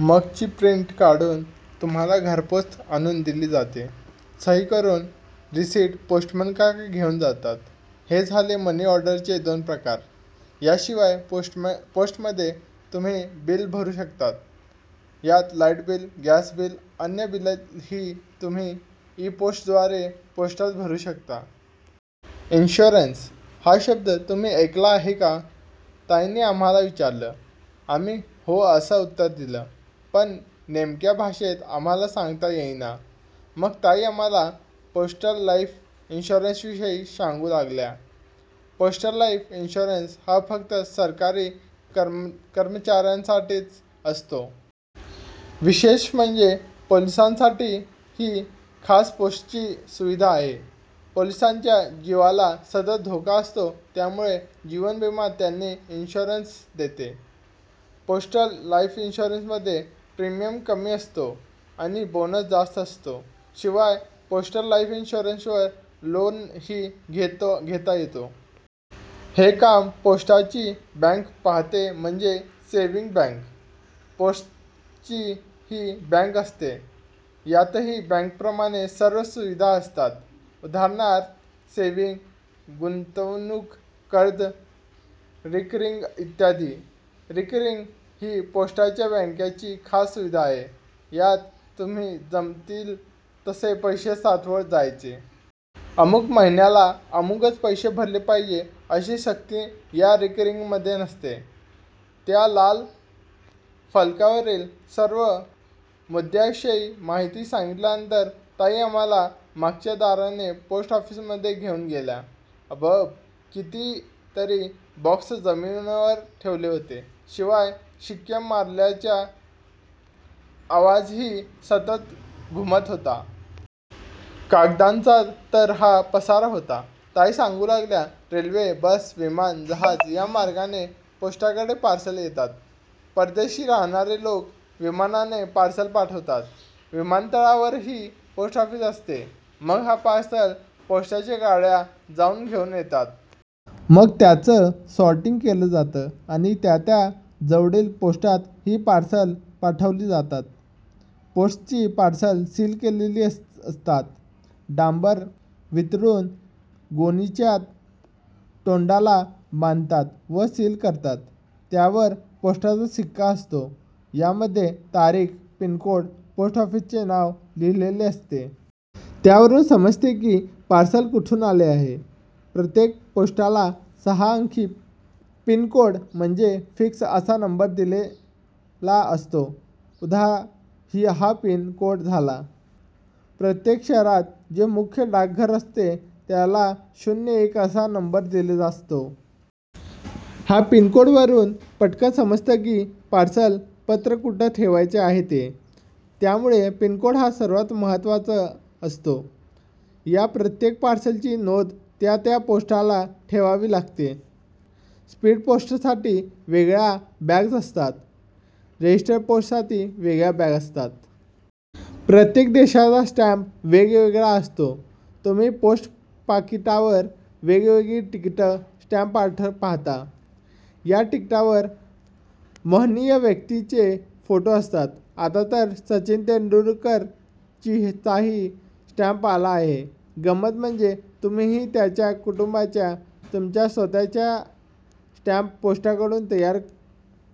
मग ची प्रिंट काढून तुम्हाला घरपोच आणून दिली जाते. सही करून रिसिट पोस्टमन काका घेऊन जातात. हे झाले मनी ऑर्डरचे दोन प्रकार. याशिवाय पोस्टमध्ये तुम्ही बिले भरू शकता. यात लाईट बिल, गॅस बिल, अन्य बिलेही तुम्ही ई-पेमेंटद्वारा पोस्टात भरू शकता." "इन्शुरन्स हा शब्द तुम्ही ऐकला आहे का?" ताईंनी आम्हांला विचारलं. आम्ही 'हो' असं उत्तर दिलं, पण नेमक्या भाषेत आम्हांला सांगता येईना. मग ताई आम्हांला पोस्टल लाईफ इन्शुरन्सविषयी सांगू लागल्या- "पोस्टल लाईफ इन्शुरन्स हा फक्त सरकारी कर्मचाऱ्यांसाठीच असतो. विशेष म्हणजे पोलिसांसाठीही खास पोस्टाची सुविधा आहे. पोलिसांच्या जीवाला सतत धोका असतो त्यामुळे जीवन विमा त्यांना इन्शुरन्स देते. पोस्टल लाईफ इन्शुरन्समध्ये प्रीमियम कमी असतो आणि बोनस जास्त असतो. शिवाय पोस्टल लाईफ इन्शुरन्सवर लोनही घेता येते. हे काम पोस्टाची बँक पाहते म्हणजेच सेव्हिंग बँक. पोस्टाचीही बँक असते. यातही बँकेप्रमाणे सर्व सुविधा असतात. उदाहरणार्थ सेव्हिंग, गुंतवणूक, कर्ज, रिकरिंग इत्यादी. रिकरिंग ही पोस्टाच्या बँकेची खास सुविधा आहे. यात तुम्ही जमतील तसे पैसे साठवत जायचे. अमुक महिन्याला अमुकच पैसे भरले पाहिजे अशी सक्ती या रिकरिंगमध्ये नसते." त्या लाल फलकावरील सर्व मुद्द्यांविषयी माहिती सांगितल्यानंतर ताई आम्हांला मागच्या दाराने पोस्ट ऑफिसमध्ये घेऊन गेल्या. अबब! कितीतरी बॉक्स जमिनीवर ठेवलेले होते. शिवाय शिक्के मारल्याचा आवाजही सतत घुमत होता. कागदांचा तर हा पसारा होता! ताई सांगू लागल्या, "रेल्वे, बस, विमान, जहाज या मार्गाने पोस्टाकडे पार्सल येतात. परदेशी राहणारे लोक विमानाने पार्सल पाठवतात. विमानतळावरही पोस्ट ऑफिस असते. मग ही पार्सल पोस्टाच्या गाड्या जाऊन घेऊन येतात. मग त्याचं सॉर्टिंग केलं जातं आणि त्या त्या जवळील पोस्टात ही पार्सल पाठवली जातात. पोस्टाची पार्सल्स सील केलेली असतात. डांबर वितळून गोणीच्या तोंडाला बांधतात व सील करतात. त्यावर पोस्टाचा शिक्का असतो. यामध्ये तारीख, पिन कोड, पोस्ट ऑफिसचे नाव लिहिलेले असते. त्यावरून समजते की पार्सल कुठून आले आहे. प्रत्येक पोस्टाला सहा अंकी पिन कोड म्हणजे फिक्स असा नंबर दिलेला असतो. उदा. हा पिन कोड झाला. प्रत्येक शहरात जे मुख्य डाकघर असते, त्याला शून्य एक असा नंबर दिलेला असतो. या पिनकोडवरून पटकन समजतं की पार्सल, पत्र कुठे पाठवायचं आहे ते. त्यामुळे पिनकोड हा सर्वात महत्त्वाचा असतो. या प्रत्येक पार्सलची नोंद त्या त्या पोस्टाला ठेवावी लागते. स्पीड पोस्टसाठी वेगळ्या बॅग्ज असतात, रजिस्टर पोस्टसाठी वेगळ्या बॅग्ज असतात. प्रत्येक देशाचा स्टँप वेगवेगळा असतो. तुम्ही पोस्ट पाकिटावर वेगवेगळी तिकीटं, स्टँप पाहता. ह्या तिकिटावर महनीय व्यक्तींचे फोटो असतात. आता तर सचिन तेंडुलकरचाही स्टँप आला आहे. गंमत म्हणजे तुम्हीही तुमच्या कुटुंबाचा, तुमचा स्वतःचा स्टँप पोस्टाकडून तयार